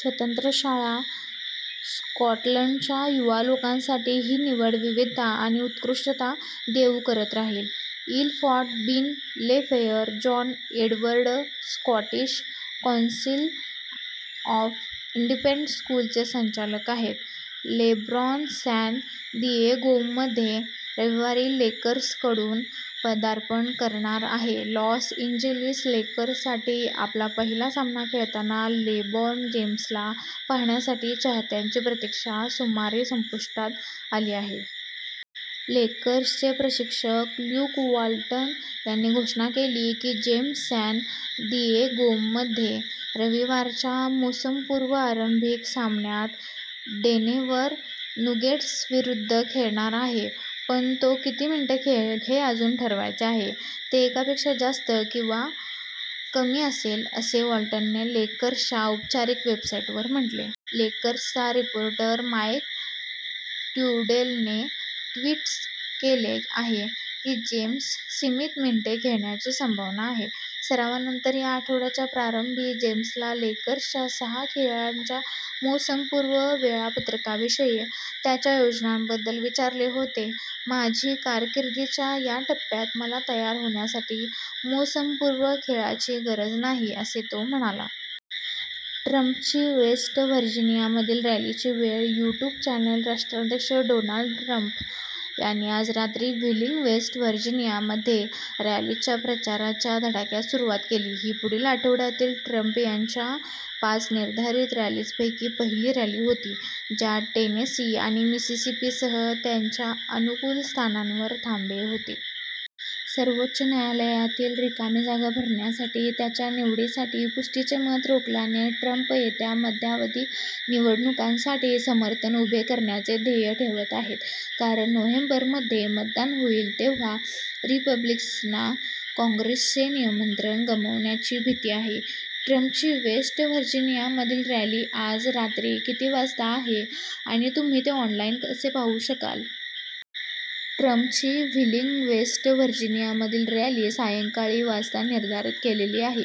स्वतंत्र शाळा स्कॉटलंडच्या युवा लोकांसाठी ही निवड, विविधता आणि उत्कृष्टता देऊ करत राहील. इल फॉट बीन ले फेअर. John Edward Scottish council of independent स्कूल्सचे संचालक आहेत. लेब्रॉन सॅन दिएगोमध्ये रविवारी लेकर्सकडून पदार्पण करणार आहे लॉस एंजेलिस लेकर्ससाठी आपला पहिला सामना खेळताना लेब्रॉन जेम्सला पाहण्यासाठी चाहत्यांची प्रतीक्षा सुमारे संपुष्टात आली आहे. लेकर्सचे प्रशिक्षक ल्युक वाल्टन यांनी घोषणा केली की जेम्स सॅन दिएगोमध्ये रविवारच्या मोसमपूर्व आरंभिक सामन्यात डेनेव्हर नुगेट्सविरुद्ध खेळणार आहे. पण तो किती मिनिटे खेळेल हे अजून ठरवायचे आहे. "ते एकापेक्षा जास्त आणि पेक्षा कमी असेल," असे वाल्टनने लेकर्स"च्या औपचारिक वेबसाईटवर म्हटले. लेकर्सचा रिपोर्टर माईक ट्रुडेलने ट्विट केले आहे की जेम्स सीमित मिनिटे खेळण्याची संभावना आहे. सरावानंतर या आठवड्याच्या प्रारंभी जेम्सला लेकर्स"च्या सहा खेळांच्या मोसमपूर्व वेळापत्रकाविषयी त्याच्या योजनांबद्दल विचारले होते. "माझी कारकीर्दीच्या या टप्प्यात मला तयार होण्यासाठी मोसमपूर्व खेळाची गरज नाही," असे तो म्हणाला. ट्रम्पची वेस्ट व्हर्जिनियामधील रॅलीची वेळ, यूट्यूब चॅनल राष्ट्राध्यक्ष डोनाल्ड ट्रम्प यांनी आज रात्री व्हीलिंग, वेस्ट व्हर्जिनियामध्ये रॅलीजच्या प्रचाराच्या धडाक्यास सुरुवात केली. ही पुढील आठवड्यातील ट्रम्प यांच्या पाच निर्धारित रॅलीजपैकी पहिली रॅली होती, ज्यात टेनेसी आणि मिसिसिपीसह त्यांच्या अनुकूल स्थानांवर थांबे होते. सर्वोच्च न्यायालयातील रिकामी जागा भरण्यासाठी त्याच्या निवडीसाठी पुष्टीचे मत रोखल्याने, ट्रम्प येत्या मध्यावधी निवडणुकांसाठी समर्थन उभे करण्याचे ध्येय ठेवत आहेत, कारण नोव्हेंबरमध्ये मतदान होईल तेव्हा रिपब्लिकन्सना कॉंग्रेसचे नियंत्रण गमाविण्याची भीती आहे. ट्रम्पची वेस्ट व्हर्जिनियामधील रॅली आज रात्री किती वाजता आहे आणि तुम्ही ते ऑनलाईन कसे पाहू शकाल? ट्रम्पची व्हीलिंग, वेस्ट व्हर्जिनियामधील रॅली सायंकाळी वाजता निर्धारित केलेली आहे.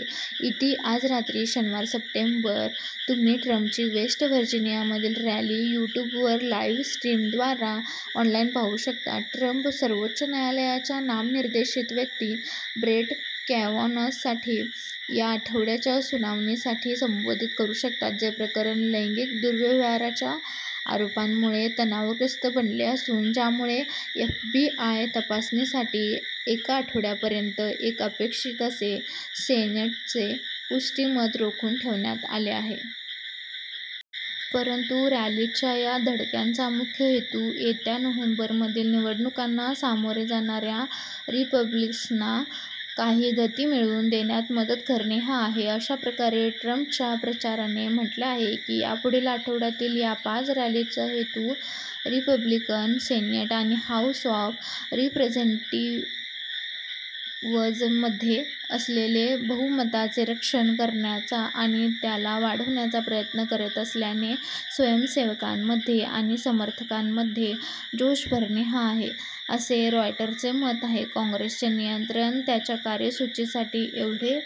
ईटी आज रात्री, शनिवार, सप्टेंबर,. तुम्ही ट्रम्पची वेस्ट व्हर्जिनियामधील रॅली यूट्यूबवर लाइव्ह स्ट्रीमद्वारा ऑनलाईन पाहू शकता. ट्रम्प सर्वोच्च न्यायालयाच्या नामनिर्देशित व्यक्ती, ब्रेट कॅवानॉसाठी या आठवड्याच्या सुनावणीसाठी संबोधित करू शकतात, जे प्रकरण लैंगिक दुर्व्यवहाराच्या आरोपांमुळे तणावग्रस्त बनले असून, ज्यामुळे एफबीआय तपासणीसाठी एका आठवड्यापर्यंत एक अपेक्षित असे सेनेटचे पुष्टी मत रोखून ठेवण्यात आले आहे. परंतु रॅलीजच्या या धडक्यांचा मुख्य हेतू येत्या नोव्हेंबरमधील निवडणुकांना सामोरे जाणाऱ्या रिपब्लिकन्सना काही गति मिळवून देण्यात मदत करणे हा आहे. अशा प्रकारे, ट्रम्पच्या प्रचाराने म्हटले आहे की या पुढील आठवड्यातील या पाच रॅलीजचा हेतू "रिपब्लिकन्स सेनेट आणि हाऊस ऑफ रिप्रेझेंटेटिवजमध्ये असलेले बहुमताचे रक्षण करण्याचा आणि त्याला वाढविण्याचा प्रयत्न करत असल्याने, स्वयंसेवकांमध्ये आणि समर्थकांमध्ये जोश भरणे हा आहे," असे रॉयटरचे मत आहे. "कॉंग्रेसचे नियंत्रण त्यांच्या कार्यसूचीसाठी एवढे